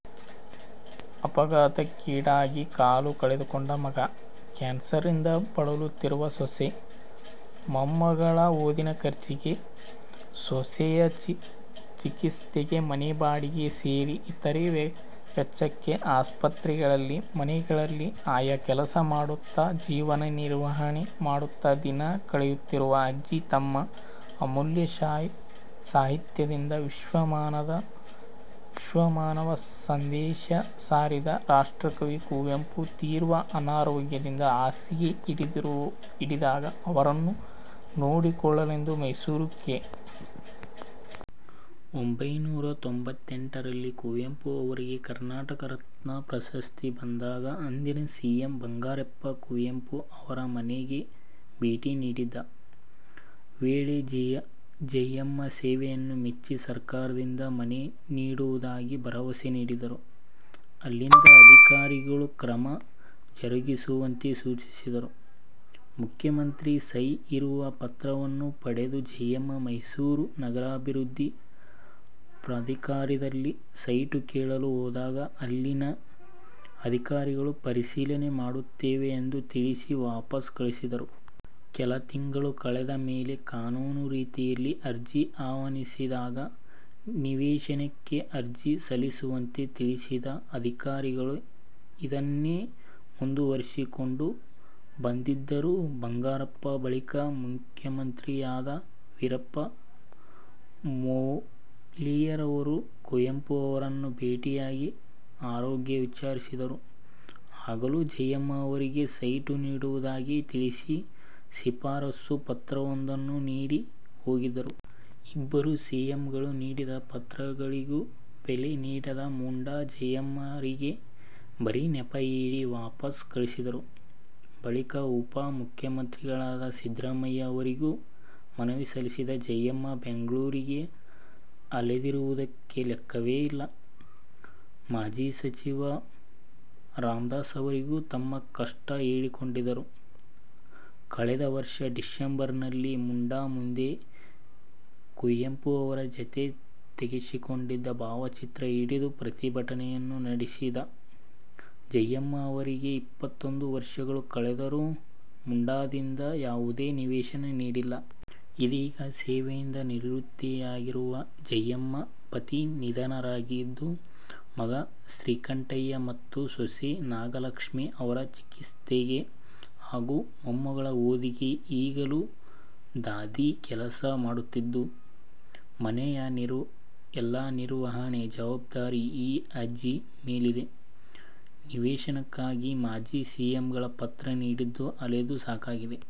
ಅಪಘಾತಕ್ಕೀಡಾಗಿ ಕಾಲು ಕಳೆದುಕೊಂಡ ಮಗ, ಕ್ಯಾನ್ಸರ್ನಿಂದ ಬಳಲುತ್ತಿರುವ ಸೊಸೆ, ಮೊಮ್ಮಗಳ ಓದಿನ ಖರ್ಚಿಗೆ, ಸೊಸೆಯ ಚಿಕಿತ್ಸೆಗೆ ಮನೆ ಬಾಡಿಗೆ ಸೇರಿ ಇತರೆ ವೆಚ್ಚಕ್ಕೆ ಆಸ್ಪತ್ರೆಗಳಲ್ಲಿ, ಮನೆಗಳಲ್ಲಿ ಆಯಾ ಕೆಲಸ ಮಾಡುತ್ತಾ ಜೀವನ ನಿರ್ವಹಣೆ ಮಾಡುತ್ತಾ ದಿನ ಕಳೆಯುತ್ತಿರುವ ಅಜ್ಜಿ ತಮ್ಮ ಅಮೂಲ್ಯ ಸಾಹಿತ್ಯದಿಂದ ವಿಶ್ವಮಾನವ ಸಂದೇಶ ಸಾರಿದ ರಾಷ್ಟ್ರಕವಿ ಕುವೆಂಪು ತೀವ್ರ ಅನಾರೋಗ್ಯದಿಂದ ಹಾಸಿಗೆ ಹಿಡಿದಾಗ ಅವರನ್ನು ನೋಡಿಕೊಳ್ಳಲೆಂದು ಮೈಸೂರು ಕೆ. ಒಂಬೈನೂರ ತೊಂಬತ್ತೆರಡರಲ್ಲಿ ಕುವೆಂಪು ಅವರಿಗೆ ಕರ್ನಾಟಕ ರತ್ನ ಪ್ರಶಸ್ತಿ ಬಂದಾಗ ಅಂದಿನ ಸಿಎಂ ಬಂಗಾರಪ್ಪ ಕುವೆಂಪು ಅವರ ಮನೆಗೆ ಭೇಟಿ ನೀಡಿದ್ದ ವೇಳೆ ಜಯಮ್ಮ ಸೇವೆಯನ್ನು ಮೆಚ್ಚಿ ಸರ್ಕಾರದಿಂದ ಮನೆ ನೀಡುವುದಾಗಿ ಭರವಸೆ ನೀಡಿದ್ದರು. ಅಲ್ಲಿದ್ದ ಅಧಿಕಾರಿಗಳಿಗೂ ಕ್ರಮ ಜರುಗಿಸುವಂತೆ ಸೂಚಿಸಿದ್ದರು. ಮುಖ್ಯಮಂತ್ರಿ ಸಹಿ ಇರುವ ಪತ್ರವನ್ನು ಪಡೆದ ಜಯಮ್ಮ ಮೈಸೂರು ನಗರಾಭಿವೃದ್ಧಿ ಪ್ರಾಧಿಕಾರದಲ್ಲಿ ಸೈಟು ಕೇಳಲು ಹೋದಾಗ ಅಲ್ಲಿನ ಅಧಿಕಾರಿಗಳು ಪರಿಶೀಲನೆ ಮಾಡುತ್ತೇವೆ ಎಂದು ತಿಳಿಸಿ ವಾಪಸ್ ಕಳುಹಿಸಿದ್ದರು. ಕೆಲ ತಿಂಗಳು ಕಳೆದ ಮೇಲೆ ಕಾನೂನು ರೀತಿಯಲ್ಲಿ ಅರ್ಜಿ ಆಹ್ವಾನಿಸಿದಾಗ ನಿವೇಶನಕ್ಕೆ ಅರ್ಜಿ ಸಲ್ಲಿಸುವಂತೆ ತಿಳಿಸಿದ್ದ ಅಧಿಕಾರಿಗಳು ಇದನ್ನೇ ಮುಂದುವರಿಸಿಕೊಂಡು ಬಂದಿದ್ದರು. ಬಂಗಾರಪ್ಪ ಬಳಿಕ ಮುಖ್ಯಮಂತ್ರಿಯಾದ ವೀರಪ್ಪ ಮೊಯ್ಲಿಯವರು ಕುವೆಂಪು ಅವರನ್ನು ಭೇಟಿಯಾಗಿ ಆರೋಗ್ಯ ವಿಚಾರಿಸಿದ್ದರು. ಆಗಲೂ ಜಯಮ್ಮರಿಗೆ ಸೈಟು ನೀಡುವುದಾಗಿ ತಿಳಿಸಿ ಶಿಫಾರಸು ಪತ್ರವೊಂದನ್ನು ನೀಡಿ ಹೋಗಿದ್ದರು. ಇಬ್ಬರು ಸಿಎಂಗಳು ನೀಡಿದ ಪತ್ರಗಳಿಗೂ ಬೆಲೆ ನೀಡದ ಮುಡಾ ಜಯಮ್ಮರಿಗೆ ಬರೀ ನೆಪ ಹೇಳಿ ವಾಪಸ್ ಕಳುಹಿಸುತ್ತಿದ್ದರು. ಬಳಿಕ ಉಪ ಮುಖ್ಯಮಂತ್ರಿಯಾಗಿದ್ದ ಸಿದ್ಧರಾಮಯ್ಯ ಅವರಿಗೂ ಮನವಿ ಸಲ್ಲಿಸಿದ ಜಯಮ್ಮ ಬೆಂಗಳೂರಿಗೆ ಅಲೆದಿರುವುದಕ್ಕೆ ಲೆಕ್ಕವೇ ಇಲ್ಲ. ಮಾಜಿ ಸಚಿವ ರಾಮ್ದಾಸ್ ಅವರಿಗೂ ತಮ್ಮ ಕಷ್ಟ ಹೇಳಿಕೊಂಡಿದ್ದರು. ಕಳೆದ ವರ್ಷ ಡಿಸೆಂಬರ್ನಲ್ಲಿ ಮುಡಾ ಮುಂದೆ ಕುವೆಂಪು ಅವರ ಜತೆ ತೆಗೆಸಿಕೊಂಡಿದ್ದ ಭಾವಚಿತ್ರ ಹಿಡಿದು ಪ್ರತಿಭಟನೆಯನ್ನು ನಡೆಸಿದ್ದ ಜಯಮ್ಮ ಅವರಿಗೆ ಇಪ್ಪತ್ತೊಂದು ವರ್ಷಗಳು ಕಳೆದರೂ ಮುಡಾದಿಂದ ಯಾವುದೇ ನಿವೇಶನ ನೀಡಿಲ್ಲ. ಇದೀಗ ಸೇವೆಯಿಂದ ನಿವೃತ್ತಿಯಾಗಿರುವ ಜಯಮ್ಮ ಪತಿ ನಿಧನರಾಗಿದ್ದು, ಮಗ ಶ್ರೀಕಂಠಯ್ಯ ಮತ್ತು ಸೊಸೆ ನಾಗಲಕ್ಷ್ಮಿ ಅವರ ಚಿಕಿತ್ಸೆಗೆ ಹಾಗೂ ಮೊಮ್ಮಗಳ ಓದಿಗೆ ಈಗಲೂ ದಾದಿ ಕೆಲಸ ಮಾಡುತ್ತಿದ್ದು, ಮನೆಯ ಎಲ್ಲಾ ನಿರ್ವಹಣೆ ಜವಾಬ್ದಾರಿ ಈ ಅಜ್ಜಿ ಮೇಲಿದೆ. ನಿವೇಶನಕ್ಕಾಗಿ ಮಾಜಿ ಸಿಎಂಗಳ ಪತ್ರ ಹಿಡಿದು ಅಲೆದು ಸಾಕಾಗಿದೆ.